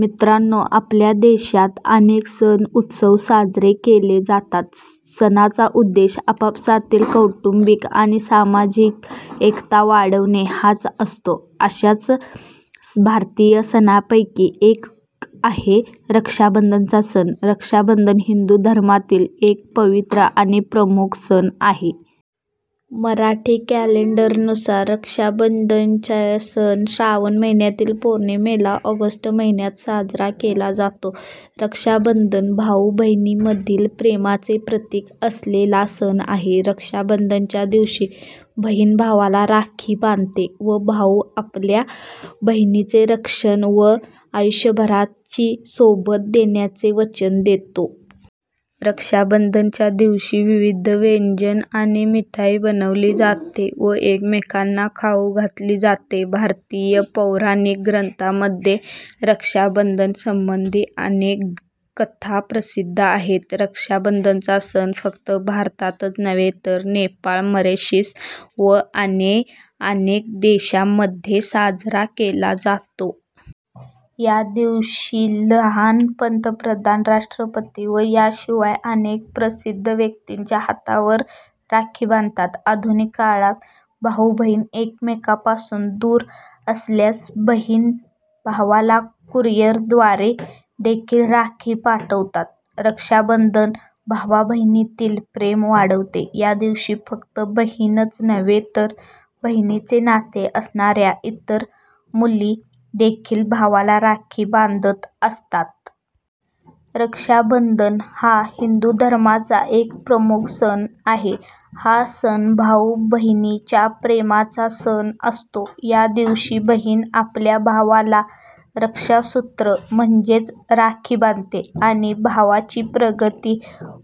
मित्रांनो आपल्या देशात अनेक सण उत्सव साजरे केले जातात. सणांचा उद्देश आपापसातील कौटुंबिक आणि सामाजिक एकता वाढवणे हाच असतो. अश्याच भारतीय सणांपैकी एक आहे रक्षाबंधनाचा सण. रक्षाबंधन हिंदू धर्मातील एक पवित्र आणि प्रमुख सण आहे. मराठी कॅलेंडर नुसार रक्षाबंधनाच्या सण श्रावण महिन्यातील पौर्णिमेला, ऑगस्ट महिन्यात साजरा केला जातो. रक्षाबंधन भाऊ बहिणींमधील प्रेमाचे प्रतिक असलेला सण आहे. रक्षाबंधनाच्या दिवशी बहिण भावाला राखी बांधते. व भाऊ आपल्या बहिणीचे रक्षण व आयुष्यभराची सोबत देण्याचे वचन देतो. रक्षाबंधनाच्या दिवशी विविध व्यंजन आणि मिठाई बनवली जाते व एकामेकांना खाऊ घातली जाते. भारतीय पौराणिक ग्रंथांमध्ये रक्षाबंधन संबंधी अनेक कथा प्रसिद्ध आहेत. रक्षाबंधनाचा सण फक्त भारतातच नव्हे तर नेपाळ, मॉरिशस व अन्य अनेक देशांमध्ये साजरा केला जातो. या दिवशी लहान पंतप्रधान, राष्ट्रपती व याशिवाय अनेक प्रसिद्ध व्यक्तींच्या हातावर राखी बांधतात. आधुनिक काळात भाऊ-बहीण एकमेकांपासून दूर असल्यास बहिणी भावाला कुरिअरद्वारे देखील राखी पाठवतात. रक्षाबंधन भावाबहिनीतील प्रेम वाढवते. या दिवशी फक्त बहिणीच नव्हे तर बहिणीचे नाते असणाऱ्या इतर मुली देखील भावाला राखी बांधत असतात. रक्षाबंधन हा हिंदू धर्माचा एक प्रमुख सण आहे. हा सण भाऊ बहिणीच्या प्रेमाचा सण असतो. या दिवशी बहीण आपल्या भावाला रक्षासुत्र, म्हणजेच राखी बांधते आणि भावाची प्रगती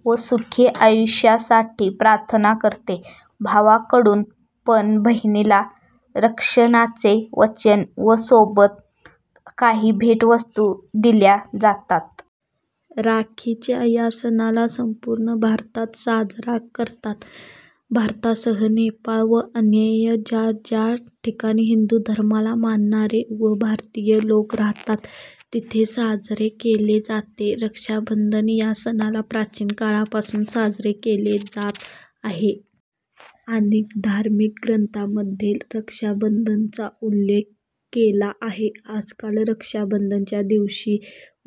व सुखी आयुष्यासाठी प्रार्थना करते. भावाकडून पण बहिणीला संरक्षणाचे वचन व सोबत काही भेटवस्तू दिल्या जातात. राखीच्या या सणाला संपूर्ण भारतात साजरा करतात. भारतासह नेपाळ व अन्य ज्या ज्या ठिकाणी हिंदू धर्माला मानणारे व भारतीय लोक राहतात तेथे साजरे केले जाते. रक्षाबंधन या सणाला प्राचीन काळापासून साजरे केले जात आहे. अनेक धार्मिक ग्रंथांमध्ये रक्षाबंधनाचाउल्लेख केला आहे. आजकाल रक्षाबंधनच्या दिवशी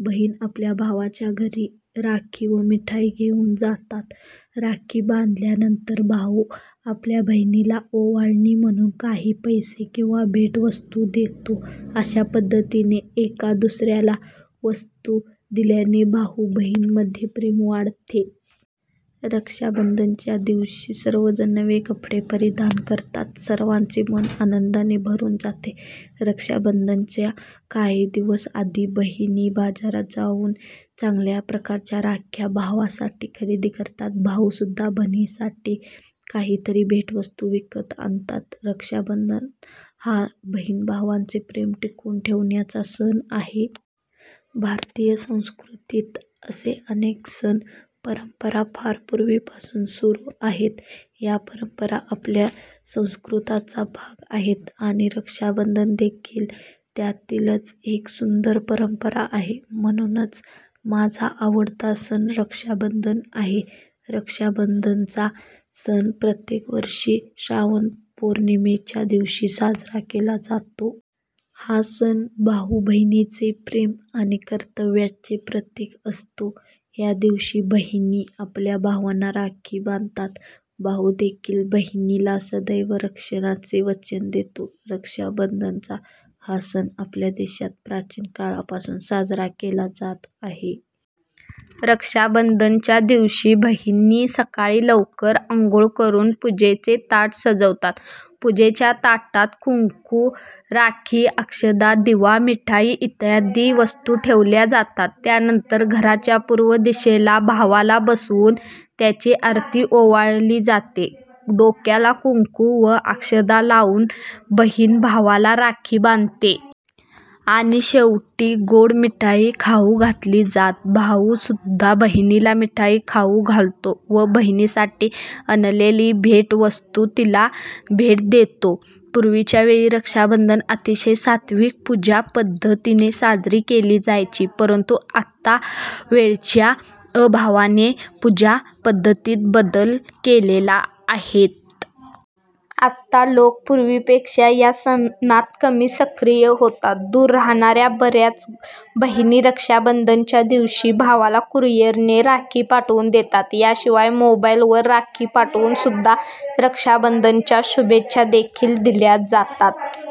बहिणी आपल्या भावाच्या घरी राखी व मिठाई घेऊन जातात. राखी बांधल्या नंतर भाऊ आपल्या बहिणीला ओवाळणी म्हणून काही पैसे किंवा भेटवस्तू देतो. अश्या पद्धतीने एक दुसऱ्याला वस्तू दिल्याने भाऊ बहिणी मध्ये प्रेम वाढते. रक्षाबंधनच्या दिवशी सर्वजण नवे कपडे परिधान करतात. सर्वांचे मन आनंदाने भरून जाते. रक्षाबंधनाच्या काही दिवस आधी बहिणी बाजारात जाऊन चांगल्या प्रकारच्या राख्या भावांसाठी खरेदी करतात. भाऊ सुद्धा बहिणीसाठी काहीतरी भेटवस्तू विकत आणतात. रक्षाबंधन हा बहीण भावाचे प्रेम टिकवून ठेवण्याचा सण आहे. भारतीय संस्कृतीत असे अनेक सण परंपरा फार पूर्वी पासून सुरु आहेत. ह्या परंपरा आपल्या संस्कृतीचा भाग आहेत आणि रक्षाबंधन देखील त्यातीलच एक सुंदर परंपरा आहे. म्हणूनच माझा आवडता सण रक्षाबंधन आहे. रक्षाबंधनाचा सण प्रत्येक वर्षी श्रावण पौर्णिमेच्या दिवशी साजरा केला जातो. हा सण भाऊ-बहिणीचे प्रेम आणि कर्तव्याच्या प्रतीक असतो. या दिवशी बहिणी आपल्या भावांना राखी बांधतात. भाऊ देखील बहिणीला सदैव संरक्षणाचे वचन देतो. रक्षाबंधनाचा हा सण आपल्या देशात प्राचीन काळापासून साजरा केला जात आहे. रक्षाबंधनाच्या दिवशी बहिणी सकाळी लवकर अंघोळ करून पूजेचे ताट सजवतात, पूजेच्या ताटात कुंकू, राखी, अक्षदा, दिवा, मिठाई इत्यादी वस्तू ठेवल्या जातात. त्यानंतर घराच्या पूर्व दिशेला भावाला बसवून त्याची आरती ओवाळली जाते, डोक्याला कुंकू व अक्षदा लाऊन बहीण भावाला राखी बांधते. आणि शेवटी गोड मिठाई खाऊ घातली जाते. भाऊ सुद्धा बहिणीला मिठाई खाऊ घालतो व बहिणीसाठी आणलेले भेटवस्तू तिला भेट देतो. पूर्वीच्या वेळी रक्षाबंधन अतिशय सात्विक पूजा पद्धतीने साजरी केली जायची. परंतु आता वेळेच्या अभावाने पूजा पद्धतीत बदल केलेले आहेत. आता लोक पूर्वीपेक्षा या सणात कमी सक्रिय होतात. दूर राहणाऱ्या बऱ्याच बहिणी रक्षाबंधनच्या दिवशी भावाला कुरियरने राखी पाठवून देतात. याशिवाय मोबाईल वर राखी पाठवून सुद्धा रक्षाबंधनच्या शुभेच्छा देखील दिल्या जातात.